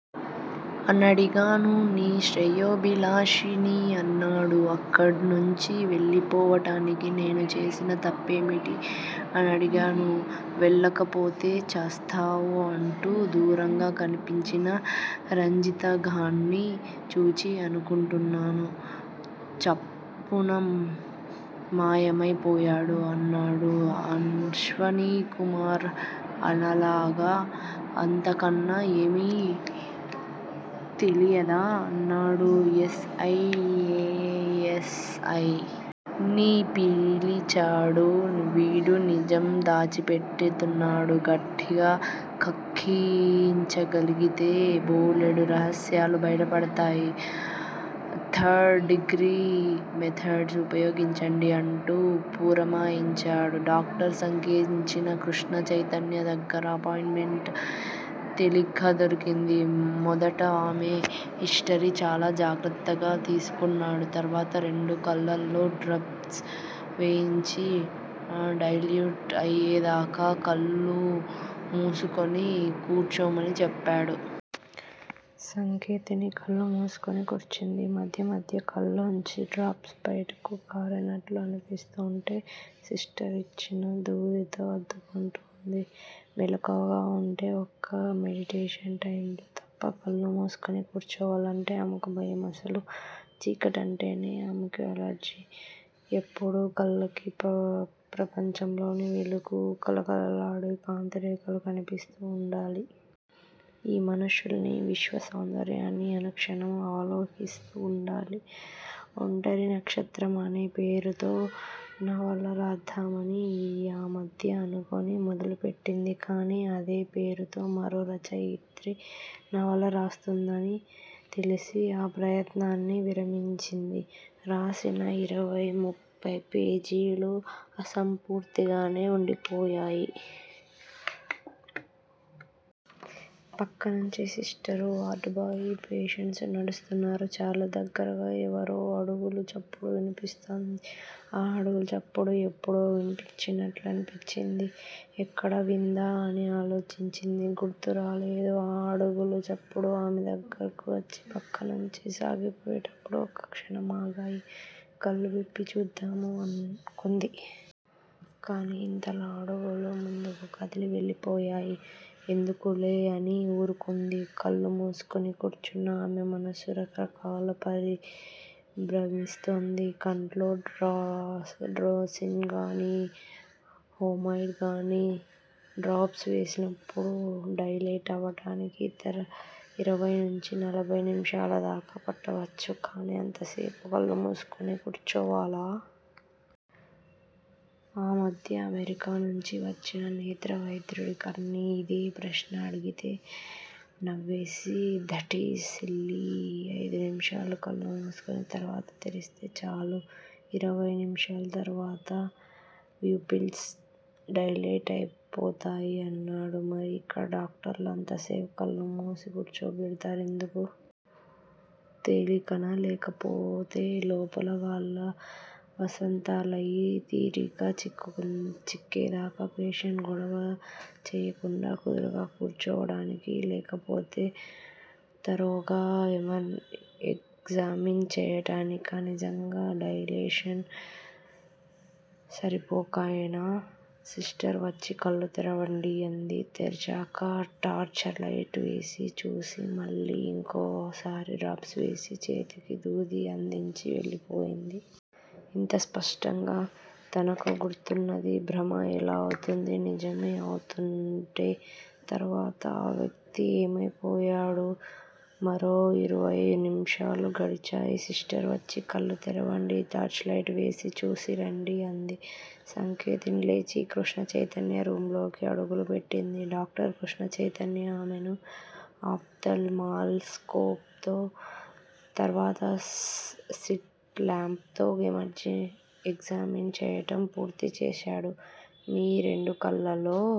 అనడిగాను. 'నీ శ్రేయోభిలాషిని' అన్నాడు. 'అక్కడ్నుంచి వెళ్ళిపోవటానికి నేను చేసిన తప్పేమిటి' అనడిగాను. 'వెళ్ళకపోతే చస్తావు' అంటూ దూరంగా కనిపించిన రంజితగార్ని చూచి అనుకుంటాను, చప్పున మాయమై పోయాడు అన్నాడు అశ్వనీకుమార్. అలాగా? అంతకన్నా ఏమీ తెలీయదా? అన్నాడు S. I. A. S. I. ని పిలిచాడు. వీడు నిజం దాచిపెట్టితున్నాడు. గట్టిగా కక్కించగలిగితే బోలెడు రహస్యాలు బయటపడతాయి. థర్డ్ డిగ్రీ మెథడ్స్ ఉపయోగించండి అంటూ పురమాయించాడు. డాక్టరు సంకేతినికి కృష్ణచైతన్య దగ్గర అపాయింట్ మెంట్ తేలిగ్గా దొరికింది. మొదట ఆమె హిస్టరీ చాలా జాగ్రత్తగా తీసుకున్నాడు. తర్వాత రెండు కళ్ళలో డ్రాప్స్ వేయించి డైల్యూట్ అయ్యేదాకా కళ్ళు మూసుకుని కూచోమని చెప్పాడు. సంకేతిని కళ్ళు మూసుకుని కూర్చుంది. మధ్య మధ్య కల్లోంచి డ్రాప్స్ బయటకు కారినట్లు అనిపిస్తోంటే సిస్టర్ ఇచ్చిన దూదితో అద్దుకుంటోంది. మెలకువగా ఉంటే ఒక్క మెడిటేషన్ టైములో తప్ప కళ్ళు మూసుకుని కూర్చోవాలంటే ఆమెకు భయం. అసలు చీకటంటేనే ఆమెకు ఎలర్జీ. ఎప్పుడూ కళ్ళకి ప్రపంచంలోని వెలుగూ, కళకళలాడే కాంతిరేఖలు కనిపిస్తూ ఉండాలి. ఈ మనుషుల్నీ, విశ్వసౌందర్యాన్నీ అనుక్షణం అవలోకిస్తూ ఉండాలి. 'ఒంటరి నక్షత్రం' అనే పేరుతో నవల రాద్దామని ఆ మధ్య అనుకుని మొదలుపెట్టింది. కాని, అదే పేరుతో మరో రచయిత్రి నవల రాస్తోందని తెలిసి ఆ ప్రయత్నాన్ని విరమించింది. రాసిన ఇరవై, ముప్పై పేజీలు అసంపూర్తిగానే వుండిపోయాయి. ప్రక్కనుంచి సిస్టరు, వార్డుబాయ్, పేషెంట్స్ నడుస్తున్నారు చాలా దగ్గరగా ఎవరో అడుగుల చప్పుడు వినిపిస్తుంది. ఆ అడుగులచప్పుడు ఎప్పుడో విన్నట్లనిపించింది. ఎక్కడ విందా అని ఆలోచించింది. గుర్తు రాలేదు. ఆ అడుగుల చప్పుడు ఆమె దగ్గరకు వచ్చి ప్రక్కనుంచి సాగిపోయేటప్పుడు ఒక్క క్షణం ఆగాయి. కళ్ళు విప్పి చూద్దామా అనుకుంది. కాని ఇంతలో అడుగులు ముందుకు కదిలి వెళ్ళిపోయాయి. ఎందుకులే అని ఊరుకుంది. కళ్ళు మూసుకొని కూర్చున్న ఆమె మనసు రకరకాల పరిభ్రమిస్తోంది. కంట్లో డ్రోసిన్ గాని, హోమైడ్ గాని డ్రాప్స్ వేసినప్పుడు డైలేట్ అవటానికి ఇరవై నుంచి నలభయి నిమిషాలదాకా పట్టవచ్చు. కానీ అంతసేపూ కళ్ళు మూసుకుని కూర్చోవాలా? ఆ మధ్య అమెరికా నుంచి వచ్చిన నేత్ర వైద్యుడొకర్ని ఇదే ప్రశ్న అడిగితే, నవ్వేసి దటీజ్ సిల్లీ! ఐదు నిమిషాలు కళ్ళు మూసుకుని తర్వాత తెరిస్తే చాలు. ఇరవై నిమిషాల తర్వాత ప్యూపిల్స్ డైలేట్ అయిపోతాయి అన్నాడు. మరి ఇక్కడ డాక్టర్లు అంతసేపు కళ్ళుమూసి కూచోబెడతారెందుకు? తెలీకనా? లేకపోతే లోపల వాళ్ళ వసంతాలయి తీరిక చిక్కేదాకా పేషెంట్ గొడవ చెయ్యకుండా, కుదురుగా కూర్చోవడానికా? లేకపోతే థరోగా ఎగ్జామిన్ చెయ్యటానికి నిజంగా డైలటేషన్ సరిపోకనా? సిస్టరు వచ్చి కళ్ళు తెరవండి అంది. తెరిచాక టార్చిలైటు వేసి చూసి, మళ్ళీ ఇంకోసారి డ్రాప్స్ వేసి చేతికి దూది అందించి వెళ్ళిపోయింది. ఇంత స్పష్టంగా తనకు గుర్తున్నది భ్రమ ఎలా అవుతుంది? నిజమే అవుతుంటే తర్వాత ఆ వ్యక్తి ఏమైపోయాడు? మరో ఇరవై నిమిషాలు గడిచాయి. సిస్టర్ వచ్చి కళ్ళు తెరవండి టార్చిలైట్ వేసి చూసి రండి అంది. సంకేతి లేచి కృష్ణచైతన్య రూమ్ లోకి అడుగుపెట్టింది. డాక్టర్ కృష్ణచైతన్య ఆమెను అప్ థల్ మాల్ స్కోప్ తో తర్వాత సిట్ ల్యాంప్ తో ఎగ్జామిన్ చెయ్యటం పూర్తిచేశాడు. మీ రెండు కళ్ళలో-